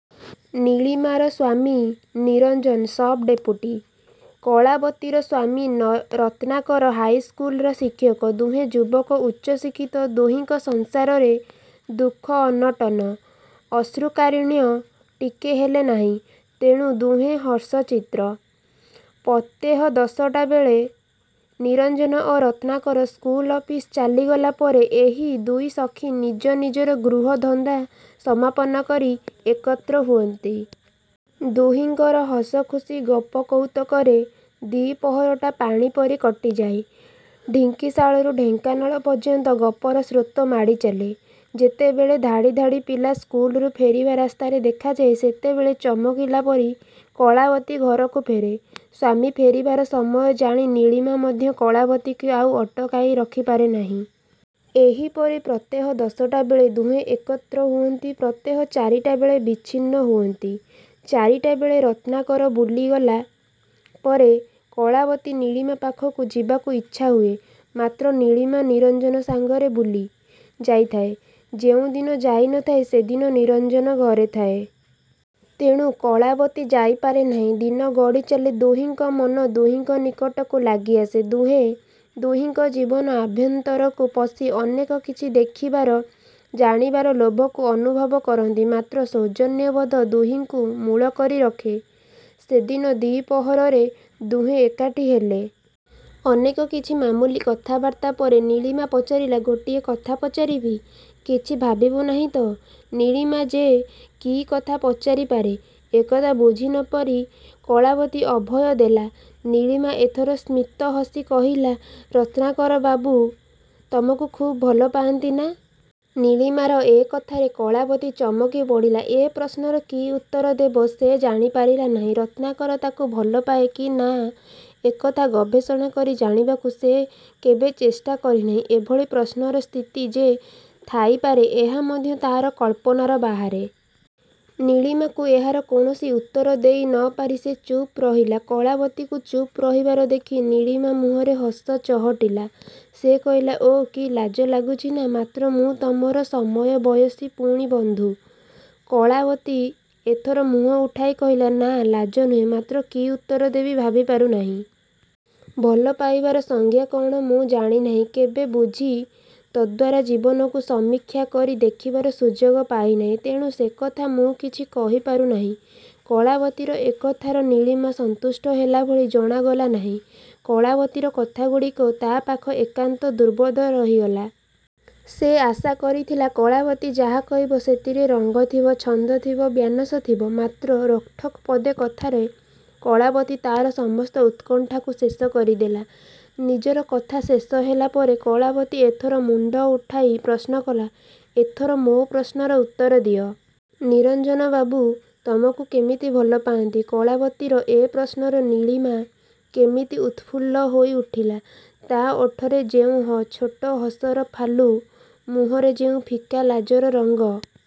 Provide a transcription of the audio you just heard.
ନୀଳିମାର ସ୍ୱାମୀ ନିରଞ୍ଜନ ସବ୍‌-ଡେପୁଟି। କଳାବତୀର ସ୍ୱାମୀ ରତ୍ନାକର ହାଇସ୍କୁଲର ଶିକ୍ଷକ। ଦୁହେଁ ଯୁବକ, ଉଚ୍ଚ ଶିକ୍ଷିତ। ଦୁହିଁଙ୍କ ସଂସାରରେ ଦୁଃଖ ଅନଟନ, ଅଶ୍ରୁକାରୁଣ୍ୟ ଟିକେ ହେଲେ ନାହିଁ। ତେଣୁ ଦୁହେଁ ହର୍ଷଚିତ୍ତ। ପ୍ରତ୍ୟହ ଦଶଟା ବେଳେ ନିରଞ୍ଜନ ଓ ରତ୍ନାକର ସ୍କୁଲ, ଅଫିସ ଚାଲିଗଲା ପରେ ଏଇ ଦୁଇ ସଖୀ ନିଜ ନିଜର ଗୃହ ଧନ୍ଦା ସମାପନ କରି ଏକତ୍ର ହୁଅନ୍ତି। ଦୁହିଁଙ୍କର ହସଖୁସୀ ଗପ କୌତୁକରେ ଦ୍ଵିପ୍ରହରଟା ପାଣିପରି କଟିଯାଏ, ଢିଙ୍କିଶାଳରୁ ଢେଙ୍କାନାଳ ପର୍ଯ୍ୟନ୍ତ ଗପର ସ୍ରୋତ ମାଡ଼ି ଚାଲେ। ଯେତେବେଳେ ଧାଡ଼ି ଧାଡ଼ି ପିଲା ସ୍କୁଲରୁ ଫେରିବା ରାସ୍ତାରେ ଦେଖାଯାଏ, ସେତେବେଳେ ଚମକିଲାପରି କଳାବତୀ ଘରକୁ ଫେରେ। ସ୍ୱାମୀ ଫେରିବାର ସମୟ ଜାଣି ନୀଳିମା ମଧ୍ୟ କଳାବତୀକୁ ଆଉ ଅଟକାଇ ରଖିପାରେ ନାହିଁ। ଏହିପରି ପ୍ରତ୍ୟହ ଦଶଟା ବେଳେ ଦୁହେଁ ଏକତ୍ର ହୁଅନ୍ତି। ପ୍ରତ୍ୟହ ଚାରିଟା ବେଳେ ବିଚ୍ଛିନ୍ନ ହୁଅନ୍ତି। ଚାରିଟା ବେଳେ ରତ୍ନାକର ବୁଲିଗଲା ପରେ, କଳାବତୀର ନୀଳିମା ପାଖକୁ ଯିବାକୁ ଇଚ୍ଛାହୁଏ। ମାତ୍ର ନୀଳିମା ନିରଞ୍ଜନ ସାଙ୍ଗରେ ବୁଲି ଯାଇଥାଏ, ଯେଉଁଦିନ ଯାଇ ନ ଥାଏ, ସେଦିନ ନିରଞ୍ଜନ ଘରେ ଥାଏ! ତେଣୁ କଳାବତୀ ଯାଇପାରେ ନାହିଁ। ଦିନ ଗଡ଼ି ଚାଲେ। ଦୁହିଙ୍କ ମନ ଦୁହିଙ୍କ ନିକଟକୁ ଲାଗି ଆସେ। ଦୁହେଁ ଦୁହିଙ୍କ ଜୀବନ ଆଭ୍ୟନ୍ତରକୁ ପଶି, ଅନେକ କିଛି ଦେଖିବାର, ଜାଣିବାର ଲୋଭକୁ ଅନୁଭବ କରନ୍ତି। ମାତ୍ର ସୌଜନ୍ୟବୋଧ ଦୁହିଁଙ୍କୁ ମୂଳ କରି ରଖେ। ସେଦିନ ଦ୍ଵିପ୍ରହରରେ ଦୁହେଁ ଏକାଠି ହେଲେ। ଅନେକ କିଛି ମାମୁଲି କଥାବାର୍ତ୍ତା ପରେ, ନୀଳିମା ପଚାରିଲା, "ଗୋଟିଏ କଥା ପଚାରିବି, କିଛି ଭାବିବୁ ନାହିଁ ତ? "ନୀଳିମା ଯେ କି କଥା ପଚାରି ପାରେ, ଏକଥା ବୁଝି ନ ପାରି କଳାବତୀ ଅଭୟ ଦେଲା। ନୀଳିମା ଏଥର ସ୍ମିତ ହସି କହିଲା, "ରତ୍ନାକରବାବୁ ତମକୁ ଖୁବ୍ ଭଲପାନ୍ତି ନା?" ନୀଳିମାର ଏ କଥାରେ କଳାବତୀ ଚମକି ପଡ଼ିଲା। ଏ ପ୍ରଶ୍ନର କି ଉତ୍ତର ଦେବ ସେ ଜାଣିପାରିଲା ନାହିଁ। ରତ୍ନାକର ତାକୁ ଭଲପାଏ କି ନା ଏକଥା ଗବେଷଣା କରି ଜାଣିବାକୁ ସେ କେବେ ଚେଷ୍ଟା କରି ନାହିଁ। ଏଭଳି ପ୍ରଶ୍ନର ସ୍ଥିତି ଯେ ଥାଇପାରେ ଏହା ମଧ୍ୟ ତା'ର କଳ୍ପନାର ବାହାରେ। ନୀଳିମାକୁ ଏହାର କୌଣସି ଉତ୍ତର ଦେଇ ନ ପାରି ସେ ଚୁପ୍ ରହିଲା। କଳାବତୀକୁ ଚୁପ୍ ରହିବାର ଦେଖି ନୀଳିମା ମୁହଁରେ ହସ ଚହଟିଲା। ସେ କହିଲା, "ଓଃ ଲାଜ ଲାଗୁଚି ନା! ମାତ୍ର ମୁଁ ତମର ସମବୟସୀ ପୁଣି ବନ୍ଧୁ!" କଳାବତୀ ଏଥର ମୁହଁ ଉଠାଇ କହିଲା, "ନା, ଲାଜ ନୁହେ, ମାତ୍ର କି ଉତ୍ତର ଦେବି ଭାବିପାରୁ ନାହିଁ। ଭଲ ପାଇବାର ସଂଜ୍ଞା କ'ଣ ମୁଁ ଜାଣି ନାହିଁ। କେବେ ବୁଝି ତଦ୍ଦ୍ୱାରା ଜୀବନକୁ ସମୀକ୍ଷା କରି ଦେଖିବାର ସୁଯୋଗ ପାଇ ନାହିଁ। ତେଣୁ ସେକଥା ମୁଁ କିଛି କହିପାରୁ ନାହିଁ।" କଳାବତୀର ଏକଥାର ନୀଳିମା ସନ୍ତୁଷ୍ଟ ହେଲା ଭଳି ଜଣାଗଲା ନାହିଁ। କଳାବତୀର କଥାଗୁଡ଼ିକ ତା' ପାଖରେ ଏକାନ୍ତ ଦୁର୍ବୋଧ୍ୟ ରହିଗଲା। ସେ ଆଶା କରିଥିଲା କଳାବତୀ ଯାହା କହିବ, ସେଥିରେ ରଙ୍ଗ ଥିବ, ଛନ୍ଦ ଥିବ, ବିନ୍ୟାସ ଥିବ। ମାତ୍ର ରୋକଠୋକ୍ ପଦେ କଥାରେ କଳାବତୀ ତା'ର ସମସ୍ତ ଉତ୍କଣ୍ଠାକୁ ଶେଷ କରି ଦେଲା। ନିଜର କଥା ଶେଷ ହେଲା ପରେ, କଳାବତୀ ଏଥର ମୁଣ୍ଡ ଉଠାଇ ପ୍ରଶ୍ନ କଲା, "ଏଥର ମୋ' ପ୍ରଶ୍ନର ଉତ୍ତର ଦିଅ। ନିରଞ୍ଜନବାବୁ ତମକୁ କେମିତି ଭଲ ପାଆନ୍ତି?" କଳାବତୀର ଏ ପ୍ରଶ୍ନରେ ନୀଳିମା କେମିତି ଉତଫୁଲ୍ଲ ହୋଇ ଉଠିଲା। ତା' ଓଠରେ ଯେଉଁ ଛୋଟ ହସର ଫାଲୁ, ମୁହଁରେ ଯେଉଁ ଫିକା ଲାଜର ରଙ୍ଗ।